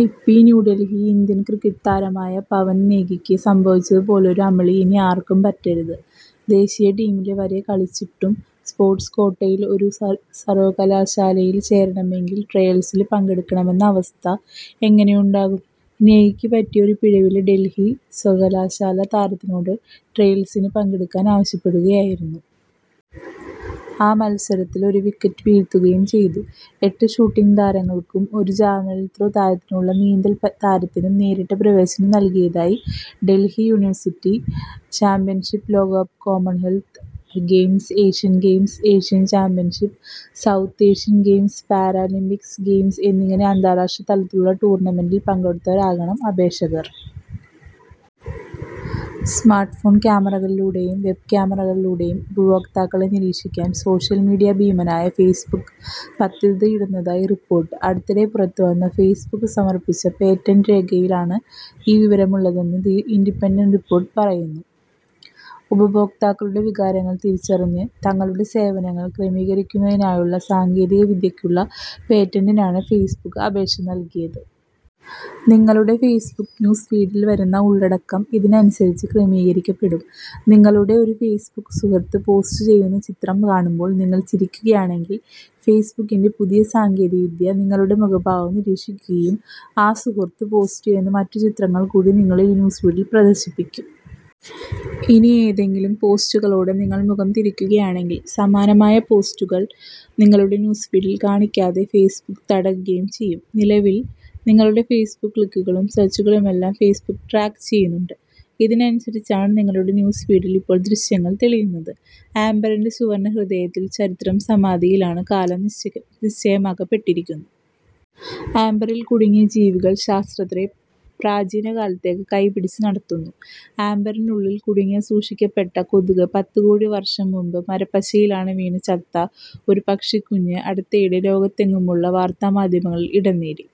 I. P. ന്യൂഡല്ഹി:ഇന്ത്യന് cricket താരമായ പവന് നേഗിക്ക് സംഭവിച്ചതു പോലൊരു അമളി ഇനി ആര്ക്കും പറ്റരുത്. ദേശീയ ടീമില് വരെ കളിച്ചിട്ടും സ്പോര്ട്സ് ക്വാട്ടയില് ഒരു സര്വകലാശാലയില് ചേരണമെങ്കില് ട്രയല്സില് പങ്കെടുക്കണമെന്ന അവസ്ഥ എങ്ങനെയുണ്ടാകും. നേഗിക്ക് പറ്റിയ ഒരു പിഴവില് ഡല്ഹി സര്വകലാശാല താരത്തിനോട് ട്രയല്സില് പങ്കെടുക്കാന് ആവശ്യപ്പെടുകയായിരുന്നു. ആ മത്സരത്തില് ഒരു വിക്കറ്റ് വീഴ്ത്തുകയും ചെയ്തു. എട്ട് ഷൂട്ടിങ് താരങ്ങള്ക്കും ഒരു ജാവലിന് ത്രോ താരത്തിനുള്ള ഒരു നീന്തല് താരത്തിനും നേരിട്ട് പ്രവേശനം നല്കിയതായി ഡല്ഹി യൂണിവേഴ്സ്റ്റി വ്യക്തമാക്കി. ഒളിമ്പിക് ഗെയിംസ്, ലോക ചാമ്പ്യന്ഷിപ്പുകൾ, ലോകകപ്പ്, Commonwealth games, Asian games, Asian championship, South Asian games, Paralympic games എന്നിങ്ങനെ അന്താരാഷ്ട്ര തലത്തിലുള്ള ടൂര്ണമെന്റില് പങ്കെടുത്തവരാകണം അപേക്ഷകര്. സ്മാര്ട്ട് ഫോണ് ക്യാമറകളിലൂടെയും വെബ് ക്യാമറകളിലൂടെയും ഉപഭോക്താക്കളെ നിരീക്ഷിക്കാന് സോഷ്യല് മീഡിയാ ഭീമനായ ഫെയ്സ്ബുക്ക് പദ്ധതിയിടുന്നതായി റിപ്പോര്ട്ട്. അടുത്തിടെ പുറത്തുവന്ന ഫെയ്സ്ബുക്ക് സമര്പ്പിച്ച പേറ്റന്റ് രേഖയിലാണ് ഈ വിവരമുള്ളതെന്ന് ദി ഇന്റിപെന്റന്റ് റിപ്പോര്ട്ട് ചെയ്യുന്നു. ഉപഭോക്താക്കളുടെ വികാരങ്ങള് തിരിച്ചറിഞ്ഞ് തങ്ങളുടെ സേവനങ്ങള് ക്രമീകരിക്കുന്നതിനായുള്ള സാങ്കേതിക വിദ്യയ്ക്കുള്ള പേറ്റന്റിനാണ് ഫെയ്സ്ബുക്ക് അപേക്ഷ നല്കിയത്. നിങ്ങളുടെ ഫേസ്ബുക്ക് ന്യൂസ് ഫീഡില് വരുന്ന ഉള്ളടക്കം ഇതിനനുസരിച്ച് ക്രമീകരിക്കപ്പെടും. നിങ്ങളുടെ ഒരു ഫേസ്ബുക്ക് സുഹൃത്ത് പോസ്റ്റ് ചെയ്യുന്ന ചിത്രം കാണുമ്പോള് നിങ്ങള് ചിരിക്കുകയാണെങ്കില് ഫേസ്ബുക്കിന്റെ പുതിയ സാങ്കേതിക വിദ്യ നിങ്ങളുടെ മുഖഭാവം നിരീക്ഷിക്കുകയും. ആ സുഹൃത്ത് പോസ്റ്റ് ചെയ്യുന്ന മറ്റുചിത്രങ്ങള് കൂടി നിങ്ങളുടെ ന്യൂ ഫീഡില് പ്രദര്ശിപ്പിക്കും. ഇനി ഏതെങ്കിലും പോസ്റ്റുകളോട് നിങ്ങള് മുഖം തിരിക്കുകയാണെങ്കില് സമാനമായ പോസ്റ്റുകള് നിങ്ങളുടെ ന്യൂസ്ഫീഡില് കാണിക്കാതെ ഫേസ്ബുക്ക് തടയുകയും ചെയ്യും. നിലവില് നിങ്ങളുടെ ഫേസ്ബുക്ക് ക്ലിക്കുകളും സെര്ച്ചുകളുമെല്ലാം ഫേസ്ബുക്ക് ട്രാക്ക് ചെയ്യുന്നുണ്ട്. ഇതിനനുസരിച്ചാണ് നിങ്ങളുടെ ന്യൂസ് ഫീഡില് ഇപ്പോള് ദൃശ്യങ്ങള് തെളിയുന്നത്. ആമ്പറിന്റെ സുവര്ണഹൃദയത്തില് ചരിത്രം സമാധിയിലാണ്, കാലം നിശ്ചലമാക്കപ്പെട്ടിരിക്കുന്നു. ആമ്പറില് കുടുങ്ങിയ ജീവികള് ശാസ്ത്രത്തെ പ്രാചീനകാലത്തേക്ക് കൈപ്പിടിച്ച് നടത്തുന്നു ആമ്പറിനുള്ളില് കുടുങ്ങി സൂക്ഷിക്കപ്പെട്ട കൊതുക് പത്തുകോടി വര്ഷം മുമ്പ് മരപ്പശയില് വീണ് ചത്ത ഒരു പക്ഷിക്കുഞ്ഞ് അടുത്തയിടെ ലോകമെങ്ങുമുള്ള വാര്ത്താമാധ്യമങ്ങളില് ഇടംനേടി.